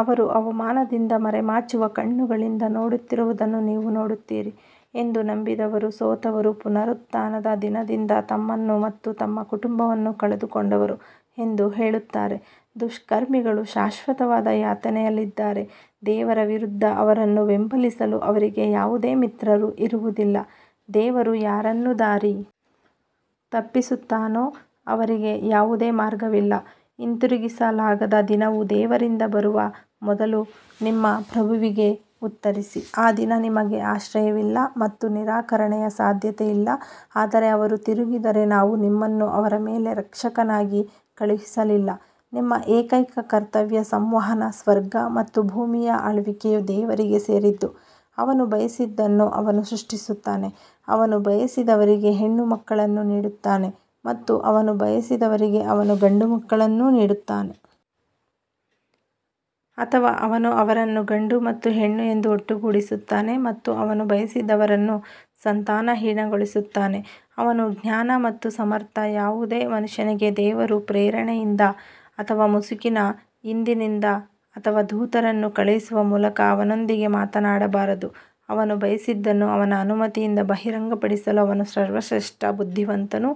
ಅವರು ಅವಮಾನದಿಂದ ಮರೆಮಾಚುವ ಕಣ್ಣುಗಳಿಂದ ನೋಡುತ್ತಿರುವುದನ್ನು ನೀವು ನೋಡುತ್ತೀರಿ ಎಂದು ನಂಬಿದವರು ಸೋತವರು ಪುನರುತ್ಥಾನದ ದಿನದಂದು ತಮ್ಮನ್ನು ಮತ್ತು ತಮ್ಮ ಕುಟುಂಬವನ್ನು ಕಳೆದುಕೊಂಡವರು ಎಂದು ಹೇಳುತ್ತಾರೆ, ದುಷ್ಕರ್ಮಿಗಳು ಶಾಶ್ವತವಾದ ಯಾತನೆಯಲ್ಲಿದ್ದಾರೆ. ದೇವರ ವಿರುದ್ಧ ಅವರನ್ನು ಬೆಂಬಲಿಸಲು ಅವರಿಗೆ ಯಾವುದೇ ಮಿತ್ರರು ಇರುವುದಿಲ್ಲ, ದೇವರು ಯಾರನ್ನು ದಾರಿ ತಪ್ಪಿಸುತ್ತಾನೋ ಅವರಿಗೆ ಯಾವುದೇ ಮಾರ್ಗವಿಲ್ಲ ಹಿಂತಿರುಗಿಸಲಾಗದ ದಿನವು ದೇವರಿಂದ ಬರುವ ಮೊದಲು ನಿಮ್ಮ ಪ್ರಭುವಿಗೆ ಉತ್ತರಿಸಿ ಆ ದಿನ ನಿಮಗೆ ಆಶ್ರಯವಿಲ್ಲ ಮತ್ತು ನಿರಾಕರಣೆಯ ಸಾಧ್ಯತೆಯಿಲ್ಲ ಆದರೆ ಅವರು ತಿರುಗಿದರೆ ನಾವು ನಿಮ್ಮನ್ನು ಅವರ ಮೇಲೆ ರಕ್ಷಕನಾಗಿ ಕಳುಹಿಸಲಿಲ್ಲ ನಿಮ್ಮ ಏಕೈಕ ಕರ್ತವ್ಯ ಸಂವಹನ ಸ್ವರ್ಗ ಮತ್ತು ಭೂಮಿಯ ಆಳ್ವಿಕೆಯು ದೇವರಿಗೆ ಸೇರಿದ್ದು, ಅವನು ಬಯಸಿದ್ದನ್ನು ಅವನು ಸೃಷ್ಟಿಸುತ್ತಾನೆ, ಅವನು ಬಯಸಿದವರಿಗೆ ಹೆಣ್ಣುಮಕ್ಕಳನ್ನು ನೀಡುತ್ತಾನೆ ಮತ್ತು ಅವನು ಬಯಸಿದವರಿಗೆ ಅವನು ಗಂಡುಮಕ್ಕಳನ್ನು ನೀಡುತ್ತಾನೆ. ಅಥವಾ ಅವನು ಅವರನ್ನು ಗಂಡು ಮತ್ತು ಹೆಣ್ಣು ಎಂದು ಒಟ್ಟುಗೂಡಿಸುತ್ತಾನೆ ಮತ್ತು ಅವನು ಬಯಸಿದವರನ್ನು ಸಂತಾನಹೀನಗೊಳಿಸುತ್ತಾನೆ ಅವನು ಜ್ಞಾನ ಮತ್ತು ಸಮರ್ಥ ಯಾವುದೇ ಮನುಷ್ಯನಿಗೆ ದೇವರು ಪ್ರೇರಣೆಯಿಂದ ಅಥವಾ ಮುಸುಕಿನ ಹಿಂದಿನಿಂದ ಅಥವಾ ದೂತರನ್ನು ಕಳುಹಿಸುವ ಮೂಲಕ ಅವನೊಂದಿಗೆ ಮಾತನಾಡಬಾರದು, ಅವನು ಬಯಸಿದ್ದನ್ನು ಅವನ ಅನುಮತಿಯಿಂದ ಬಹಿರಂಗಪಡಿಸಲು ಅವನು ಸರ್ವಶ್ರೇಷ್ಠ ಬುದ್ಧಿವಂತನು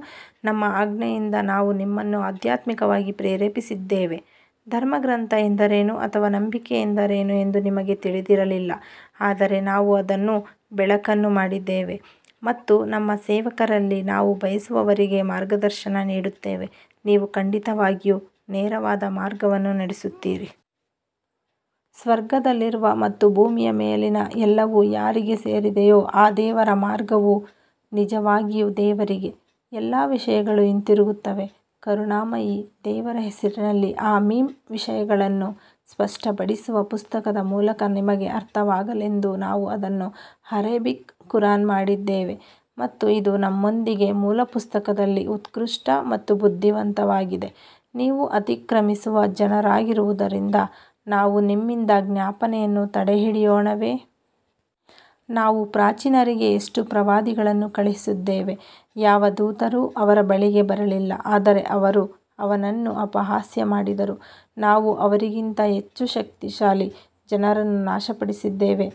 ನಮ್ಮ ಆಜ್ಞೆಯಿಂದ ನಾವು ನಿಮ್ಮನ್ನು ಆಧ್ಯಾತ್ಮಿಕವಾಗಿ ಪ್ರೇರೇಪಿಸಿದ್ದೇವೆ, ಧರ್ಮಗ್ರಂಥ ಎಂದರೇನು ಅಥವಾ ನಂಬಿಕೆ ಎಂದರೇನು ಎಂದು ನಿಮಗೆ ತಿಳಿದಿರಲಿಲ್ಲ ಆದರೆ ನಾವು ಅದನ್ನು ಬೆಳಕನ್ನು ಮಾಡಿದ್ದೇವೆ ಮತ್ತು ನಮ್ಮ ಸೇವಕರಲ್ಲಿ ನಾವು ಬಯಸುವವರಿಗೆ ಮಾರ್ಗದರ್ಶನ ನೀಡುತ್ತೇವೆ, ನೀವು ಖಂಡಿತವಾಗಿಯೂ ನೇರವಾದ ಮಾರ್ಗವನ್ನು ನಡೆಸುತ್ತೀರಿ. ಸ್ವರ್ಗದಲ್ಲಿರುವ ಮತ್ತು ಭೂಮಿಯ ಮೇಲಿನ ಎಲ್ಲವೂ ಯಾರಿಗೆ ಸೇರಿದೆಯೋ ಆ ದೇವರ ಮಾರ್ಗವು ನಿಜವಾಗಿಯೂ ದೇವರಿಗೆ ಎಲ್ಲಾ ವಿಷಯಗಳು ಹಿಂತಿರುಗುತ್ತವೆ ಕರುಣಾಮಯಿ ದೇವರ ಹೆಸರಿನಲ್ಲಿ ಹಾ ಮೀಮ್ ವಿಷಯಗಳನ್ನು ಸ್ಪಷ್ಟಪಡಿಸುವ ಪುಸ್ತಕದ ಮೂಲಕ ನಿಮಗೆ ಅರ್ಥವಾಗಲೆಂದು ನಾವು ಅದನ್ನು ಅರೇಬಿಕ್ ಖುರಾನ್ ಮಾಡಿದ್ದೇವೆ ಮತ್ತು ಇದು ನಮ್ಮೊಂದಿಗೆ ಮೂಲ ಪುಸ್ತಕದಲ್ಲಿ ಉತ್ಕೃಷ್ಟ ಮತ್ತು ಬುದ್ಧಿವಂತವಾಗಿದೆ ನೀವು ಅತಿಕ್ರಮಿಸುವ ಜನರಾಗಿರುವುದರಿಂದ ನಾವು ನಿಮ್ಮಿಂದ ಜ್ಞಾಪನೆಯನ್ನು ತಡೆಹಿಡಿಯೋಣವೇ? ನಾವು ಪ್ರಾಚೀನರಿಗೆ ಎಷ್ಟು ಪ್ರವಾದಿಗಳನ್ನು ಕಳುಹಿಸಿದ್ದೇವೆ ಯಾವ ದೂತರೂ ಅವರ ಬಳಿಗೆ ಬರಲಿಲ್ಲ ಆದರೆ ಅವರು ಅವನನ್ನು ಅಪಹಾಸ್ಯ ಮಾಡಿದರು ನಾವು ಅವರಿಗಿಂತ ಹೆಚ್ಚು ಶಕ್ತಿಶಾಲಿ ಜನರನ್ನು ನಾಶಪಡಿಸಿದ್ದೇವೆ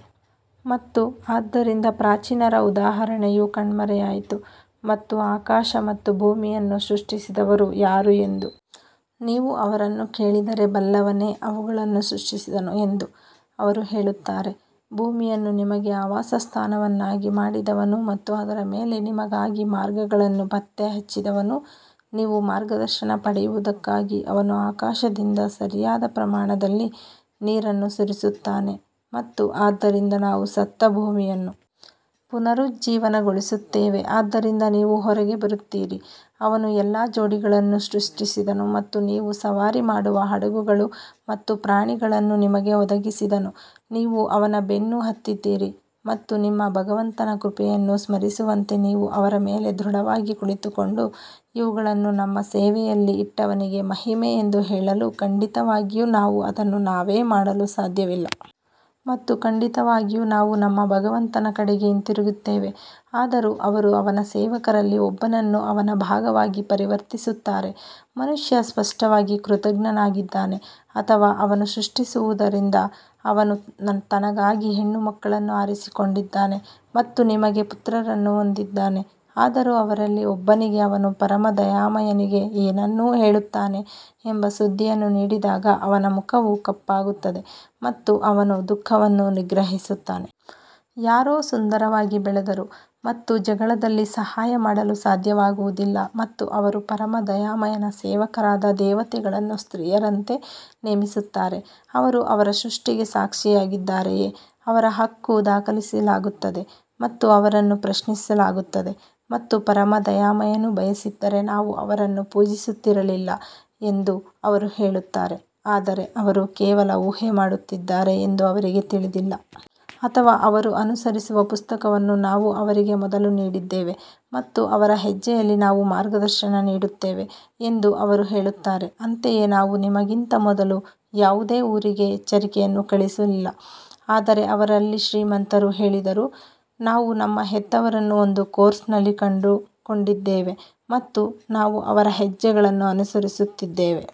ಮತ್ತು ಆದ್ದರಿಂದ ಪ್ರಾಚೀನರ ಉದಾಹರಣೆಯು ಕಣ್ಮರೆಯಾಯಿತು ಮತ್ತು ಆಕಾಶ ಮತ್ತು ಭೂಮಿಯನ್ನು ಸೃಷ್ಟಿಸಿದವರು ಯಾರು ಎಂದು ನೀವು ಅವರನ್ನು ಕೇಳಿದರೆ, ಬಲ್ಲವನೇ ಅವುಗಳನ್ನು ಸೃಷ್ಟಿಸಿದನು ಎಂದು ಅವರು ಹೇಳುತ್ತಾರೆ ಭೂಮಿಯನ್ನು ನಿಮಗೆ ಆವಾಸಸ್ಥಾನವನ್ನಾಗಿ ಮಾಡಿದವನು ಮತ್ತು ಅದರ ಮೇಲೆ ನಿಮಗಾಗಿ ಮಾರ್ಗಗಳನ್ನು ಪತ್ತೆಹಚ್ಚಿದವನು ನೀವು ಮಾರ್ಗದರ್ಶನ ಪಡೆಯುವುದಕ್ಕಾಗಿ ಅವನು ಆಕಾಶದಿಂದ ಸರಿಯಾದ ಪ್ರಮಾಣದಲ್ಲಿ ನೀರನ್ನು ಸುರಿಸುತ್ತಾನೆ ಮತ್ತು ಆದ್ದರಿಂದ ನಾವು ಸತ್ತ ಭೂಮಿಯನ್ನು ಪುನರುಜ್ಜೀವನಗೊಳಿಸುತ್ತೇವೆ ಆದ್ದರಿಂದ ನೀವು ಹೊರಗೆ ಬರುತ್ತೀರಿ ಅವನು ಎಲ್ಲಾ ಜೋಡಿಗಳನ್ನು ಸೃಷ್ಟಿಸಿದನು ಮತ್ತು ನೀವು ಸವಾರಿ ಮಾಡುವ ಹಡಗುಗಳು ಮತ್ತು ಪ್ರಾಣಿಗಳನ್ನು ನಿಮಗೆ ಒದಗಿಸಿದನು ನೀವು ಅವರ ಬೆನ್ನು ಹತ್ತಿದಿರಿ ಮತ್ತು ನಿಮ್ಮ ಭಗವಂತನ ಕೃಪೆಯನ್ನು ಸ್ಮರಿಸುವಂತೆ ನೀವು ಅವರ ಮೇಲೆ ದೃಢವಾಗಿ ಕುಳಿತುಕೊಂಡು, ಇವುಗಳನ್ನು ನಮ್ಮ ಸೇವೆಯಲ್ಲಿ ಇಟ್ಟವನಿಗೆ ಮಹಿಮೆ ಎಂದು ಹೇಳಲು ಖಂಡಿತವಾಗಿಯೂ ನಾವು ಅದನ್ನು ನಾವೇ ಮಾಡಲು ಸಾಧ್ಯವಿಲ್ಲ. ಮತ್ತು ಖಂಡಿತವಾಗಿಯೂ ನಾವು ನಮ್ಮ ಭಗವಂತನ ಕಡೆಗೆ ಹಿಂತಿರುಗುತ್ತೇವೆ ಆದರೂ ಅವರು ಅವನ ಸೇವಕರಲ್ಲಿ ಒಬ್ಬನನ್ನು ಅವನ ಭಾಗವಾಗಿ ಪರಿವರ್ತಿಸುತ್ತಾರೆ, ಮನುಷ್ಯ ಸ್ಪಷ್ಟವಾಗಿ ಕೃತಘ್ನನಾಗಿದ್ದಾನೆ ಅಥವಾ ಅವನು ಸೃಷ್ಟಿಸುವದರಿಂದ ಅವನು ತನಗಾಗಿ ಹೆಣ್ಣುಮಕ್ಕಳನ್ನು ಆರಿಸಿಕೊಂಡಿದ್ದಾನೆ ಮತ್ತು ನಿಮಗೆ ಪುತ್ರರನ್ನು ಹೊಂದಿದ್ದಾನೆ ಆದರೂ ಅವರಲ್ಲಿ ಒಬ್ಬನಿಗೆ ಅವನು ಪರಮ ದಯಾಮಯನಿಗೆ ಏನನ್ನು ಹೇಳುತ್ತಾನೆ ಎಂಬ ಸುದ್ದಿಯನ್ನು ನೀಡಿದಾಗ ಅವನ ಮುಖವು ಕಪ್ಪಾಗುತ್ತದೆ ಮತ್ತು ಅವನು ದುಃಖವನ್ನು ನಿಗ್ರಹಿಸುತ್ತಾನೆ. ಯಾರೋ ಸುಂದರವಾಗಿ ಬೆಳೆದರು ಮತ್ತು ಜಗಳದಲ್ಲಿ ಸಹಾಯ ಮಾಡಲು ಸಾಧ್ಯವಾಗುವುದಿಲ್ಲ ಮತ್ತು ಅವರು ಪರಮ ದಯಾಮಯನ ಸೇವಕರಾದ ದೇವತೆಗಳನ್ನು ಸ್ತ್ರೀಯರಂತೆ ನೇಮಿಸುತ್ತಾರೆ ಅವರು ಅವರ ಸೃಷ್ಟಿಗೆ ಸಾಕ್ಷಿಯಾಗಿದ್ದಾರೆಯೇ ಅವರ ಹಕ್ಕು ದಾಖಲಿಸಲಾಗುತ್ತದೆ ಮತ್ತು ಅವರನ್ನು ಪ್ರಶ್ನಿಸಲಾಗುತ್ತದೆ. ಮತ್ತು ಪರಮ ದಯಾಮಯನು ಬಯಸಿದ್ದರೆ ನಾವು ಅವರನ್ನು ಪೂಜಿಸುತ್ತಿರಲಿಲ್ಲ ಎಂದು ಅವರು ಹೇಳುತ್ತಾರೆ ಆದರೆ ಅವರು ಕೇವಲ ಊಹೆ ಮಾಡುತ್ತಿದ್ದಾರೆ ಎಂದು ಅವರಿಗೆ ತಿಳಿದಿಲ್ಲ. ಅಥವಾ ಅವರು ಅನುಸರಿಸುವ ಪುಸ್ತಕವನ್ನು ನಾವು ಅವರಿಗೆ ಮೊದಲು ನೀಡಿದ್ದೇವೆ ಮತ್ತು ಅವರ ಹೆಜ್ಜೆಯಲ್ಲಿ ನಾವು ಮಾರ್ಗದರ್ಶನ ನೀಡುತ್ತೇವೆ ಎಂದು ಅವರು ಹೇಳುತ್ತಾರೆ ಅಂತೆಯೇ ನಾವು ನಿಮಗಿಂತ ಮೊದಲು ಯಾವುದೇ ಊರಿಗೆ ಎಚ್ಚರಿಕೆಯನ್ನು ಕಳುಹಿಸಿಲ್ಲ ಆದರೆ ಅವರಲ್ಲಿ ಶ್ರೀಮಂತರು ಹೇಳಿದರು, ನಾವು ನಮ್ಮ ಹೆತ್ತವರನ್ನು ಒಂದು ಕೋರ್ಸ್ನಲ್ಲಿ ಕಂಡುಕೊಂಡಿದ್ದೇವೆ ಮತ್ತು ನಾವು ಅವರ ಹೆಜ್ಜೆಗಳನ್ನು ಅನುಸರಿಸುತ್ತಿದ್ದೇವೆ.